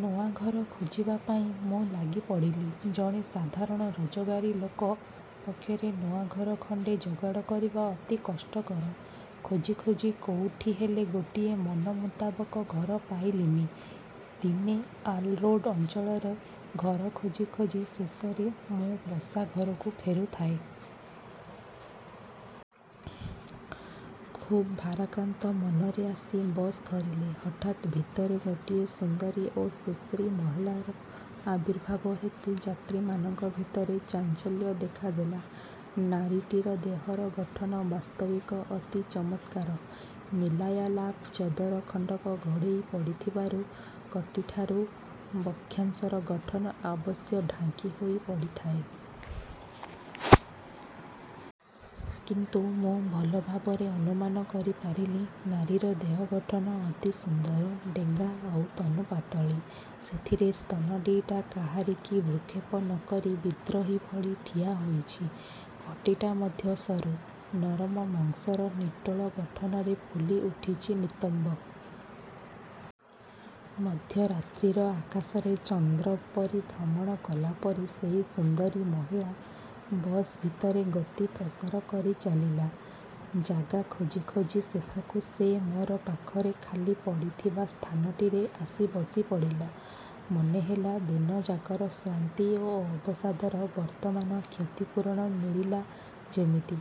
ନୂଆ ଘର ଖୋଜିବା ପାଇଁ ମୁଁ ଲାଗିପଡ଼ିଲି। ଜଣେ ସାଧାରଣ ରୋଜଗାରୀ ଲୋକ ପକ୍ଷରେ ନୂଆଘର ଖଣ୍ଡେ ଯୋଗାଡ଼ କରିବା ଅତି କଷ୍ଟକର। ଖୋଜି ଖୋଜି କୋଉଠି ହେଲେ ଗୋଟିଏ ମନମୁତାବକ ଘର ପାଇଲିନି। ଦିନେ ଆଲ୍-ରୋଡ଼ା ଅଞ୍ଚଳରେ ଘର ଖୋଜି ଖୋଜି ଶେଷରେ ମୁଁ ବସା ଘରକୁ ଫେରୁଥାଏ। ଖୁବ୍ ଭାରାକ୍ରାନ୍ତ ମନରେ ଆସି ବସ୍ ଧରିଲି। ହଠାତ୍ ଭିତରେ ଗୋଟିଏ ସୁନ୍ଦରୀ ଓ ସୁଶ୍ରୀ ମହିଳାର ଆବିର୍ଭାବ ହେତୁ ଯାତ୍ରୀମାନଙ୍କ ଭିତରେ ଚାଞ୍ଚଲ୍ୟ ଦେଖାଦେଲା। ନାରୀଟିର ଦେହର ଗଠନ ବାସ୍ତବିକ ଅତି ଚମତ୍କାର 'ମିଲାୟା-ଲାଫ' ଚଦର ଖଣ୍ଡକ ଘୋଡ଼େଇ ପଡ଼ିଥିବାରୁ କଟିଠାରୁ ବକ୍ଷାଂଶର ଗଠନ ଅବଶ୍ୟ ଢାଙ୍କି ହୋଇ ପଡ଼ିଥାଏ। କିନ୍ତୁ ମୁଁ ଭଲ ଭାବରେ ଅନୁମାନ କରିପାରିଲି-। ନାରୀର ଦେହ ଗଠନ ଅତି ସୁନ୍ଦର, ଡେଙ୍ଗା ଆଉ ତନୁପାତଳୀ, ସେଥିରେ ସ୍ତନଦିଟା କାହାରିକି ଭ୍ରୂକ୍ଷେପ ନ କରି ବିଦ୍ରୋହୀଭଳି ଠିଆ ହେଇଛି। କଟିଟା ମଧ୍ୟ ସରୁ, ନରମ ମାଂସର ନିଟୋଳ ଗଠନରେ ଫୁଲି ଉଠିଛି ନିତମ୍ବ। ମଧ୍ୟରାତ୍ରିର ଆକାଶରେ ଚନ୍ଦ୍ର ପରିଭ୍ରମଣ କଲାପରି ସେହି ସୁନ୍ଦରୀ ମହିଳା ବସ୍ ଭିତରେ ଗତି ପ୍ରସାରକରି ଚାଲିଲା। ଜାଗା ଖୋଜି ଖୋଜି ଶେଷକୁ ସେ ମୋର ପାଖରେ ଖାଲି ପଡ଼ିଥିବା ସ୍ଥାନଟିରେ ଆସି ବସି ପଡ଼ିଲା। ମନେହେଲା ଦିନଯାକର ଶ୍ରାନ୍ତି ଓ ଅବସାଦର ବର୍ତ୍ତମାନ କ୍ଷତିପୂରଣ ମିଳିଲା ଯେମିତି।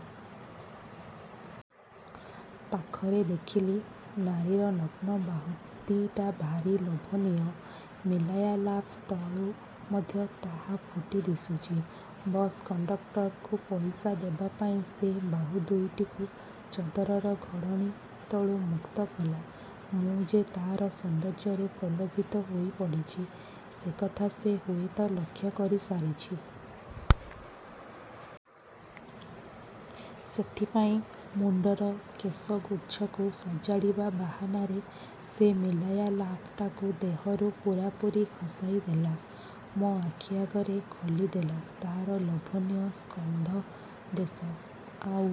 ପାଖରେ ଦେଖିଲି, ନାରୀର ନଗ୍ନ ବାହୁଦିଟା ଭାରି ଲୋଭନୀୟ। ମିଲାୟା-ଲାଫ୍ ତଳୁ ମଧ୍ୟ ତାହା ଫୁଟି ଦିଶୁଛି। ବସ୍ କଣ୍ଡକଟରକୁ ପଇସା ଦେବାପାଇଁ ସେ ବାହୁ ଦୁଇଟିକୁ ଚଦରର ଘୋଡ଼ଣି ତଳୁ ମୁକ୍ତ କଲା। ମୁଁ ଯେ ତାର ସୌନ୍ଦର୍ଯ୍ୟରେ ପ୍ରଲୋଭିତ ହୋଇପଡ଼ିଛି, ସେ କଥା ସେ ହୁଏତ ଲକ୍ଷ୍ୟ କରିସାରିଛି। ସେଥିପାଇଁ ମୁଣ୍ଡର କେଶଗୁଚ୍ଛକୁ ସଜାଡ଼ିବା ବାହାନାରେ ସେ ମିଲାୟା-ଲାଫଟାକୁ ଦେହରୁ ପୁରାପୁରି ଖସାଇ ଦେଲା-। ମୋ ଆଖି ଆଗରେ ଖୋଲି ଦେଲା ତାର ଲୋଭନୀୟ ସ୍କନ୍ଧଦେଶ, ଆଉ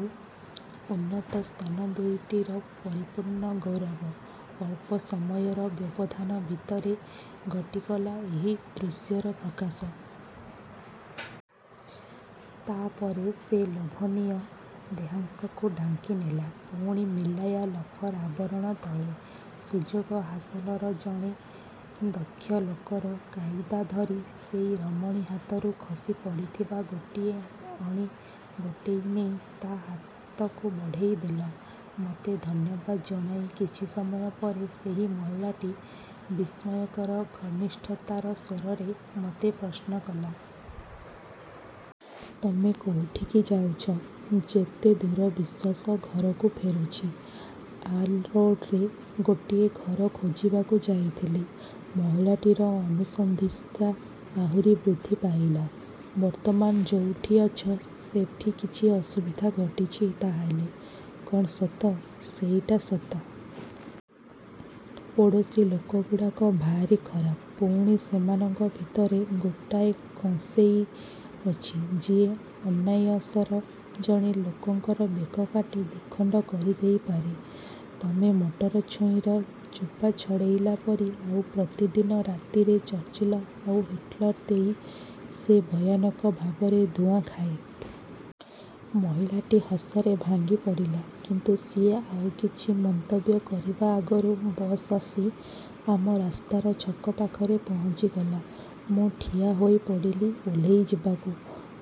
ଉନ୍ନତ ସ୍ତନ ଦୁଇଟିର ପରିପୂର୍ଣ୍ଣ ଗୌରବ। ଅଳ୍ପ ସମୟର ବ୍ୟବଧାନ ଭିତରେ ଘଟିଗଲା ଏହି ଦୃଶ୍ୟର ପ୍ରକାଶ। ତାପରେ ସେ ଲୋଭନୀୟ ଦେହାଂଶକୁ ଢାଙ୍କିନେଲା ପୁଣି ମିଲାୟା-ଲଫର୍ ଆବରଣ ତଳେ। ସୁଯୋଗ ହାସଲର ଜଣେ ଦକ୍ଷ ଲୋକର କାଇଦା ଧରି ସେଇ ରମଣୀ ହାତରୁ ଖସି ପଡ଼ିଥିବା ଗୋଟିଏ। ଅଣି ଗୋଟେଇ ନେଇ ତ ହାତକୁ ବଢ଼େଇ ଦେଲା। ମତେ ଧନ୍ୟବାଦ୍ ଜଣାଇ କିଛି ସମୟ ପରେ ସେହି ମହିଳାଟି ବିସ୍ମୟକର ଘନିଷ୍ଠତାର ସ୍ୱରରେ ମୋତେ ପ୍ରଶ୍ନ କଲା। "ତମେ କୋଉଠିକି ଯାଉଛ? " "ଯେତେଦୂର ବିଶ୍ୱାସ ଘରକୁ ଫେରୁଛି। " "ଅଲ୍-ରୋଡ଼ାରେ ଗୋଟିଏ ଘର ଖୋଜିବାକୁ ଯାଇଥିଲି। " ମହିଳାଟିର ଅନୁସନ୍ଧିତ୍ସା ଆହୁରି ବୃଦ୍ଧି ପାଇଲା। "ବର୍ତ୍ତମାନ ଯୋଉଠି ଅଛ, ସେଠି କିଛି ଅସୁବିଧା ଘଟିଛି ତା' ହେଲେ। କଣ ସତ? " "ସେଇଟା ସତ। ପଡ଼ୋଶୀ ଲୋକଗୁଡ଼ାକ ଭାରି ଖରାପ, ପୁଣି, ସେମାନଙ୍କ ଭିତରେ ଗୋଟାଏ କଂସେଇ ଅଛି, ଯିଏ ଅନାୟାସରେ ଜଣେ ଲୋକଙ୍କର ବେକ କାଟି ଦିଖଣ୍ଡ କରିଦେଇପାରେ, ତମେ ମଟର ଛୁଇଁର ଚୋପା ଛଡ଼େଇଲା ପରି; ଆଉ ପ୍ରତିଦିନ ରାତିରେ ଚର୍ଚ୍ଚିଲ ଆଉ ହିଟଲର୍ ଦେଇ ସେ ଭୟାନକ ଭାବରେ ଧୂଆଁ ଖାଏ " ମହିଳାଟି ହସରେ ଭାଙ୍ଗି ପଡ଼ିଲା। କିନ୍ତୁ ସିଏ ଆଉ କିଛି ମନ୍ତବ୍ୟ କରିବା ଆଗରୁ ବସ୍ ଆସି ଆମ ରାସ୍ତାର ଛକ ପାଖରେ ପହଞ୍ଚିଗଲା। ମୁଁ ଠିଆ ହେଇପଡ଼ିଲି ଓହ୍ଲେଇ ଯିବାକୁ।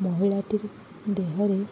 ମହିଳାଟି ଦେହରେ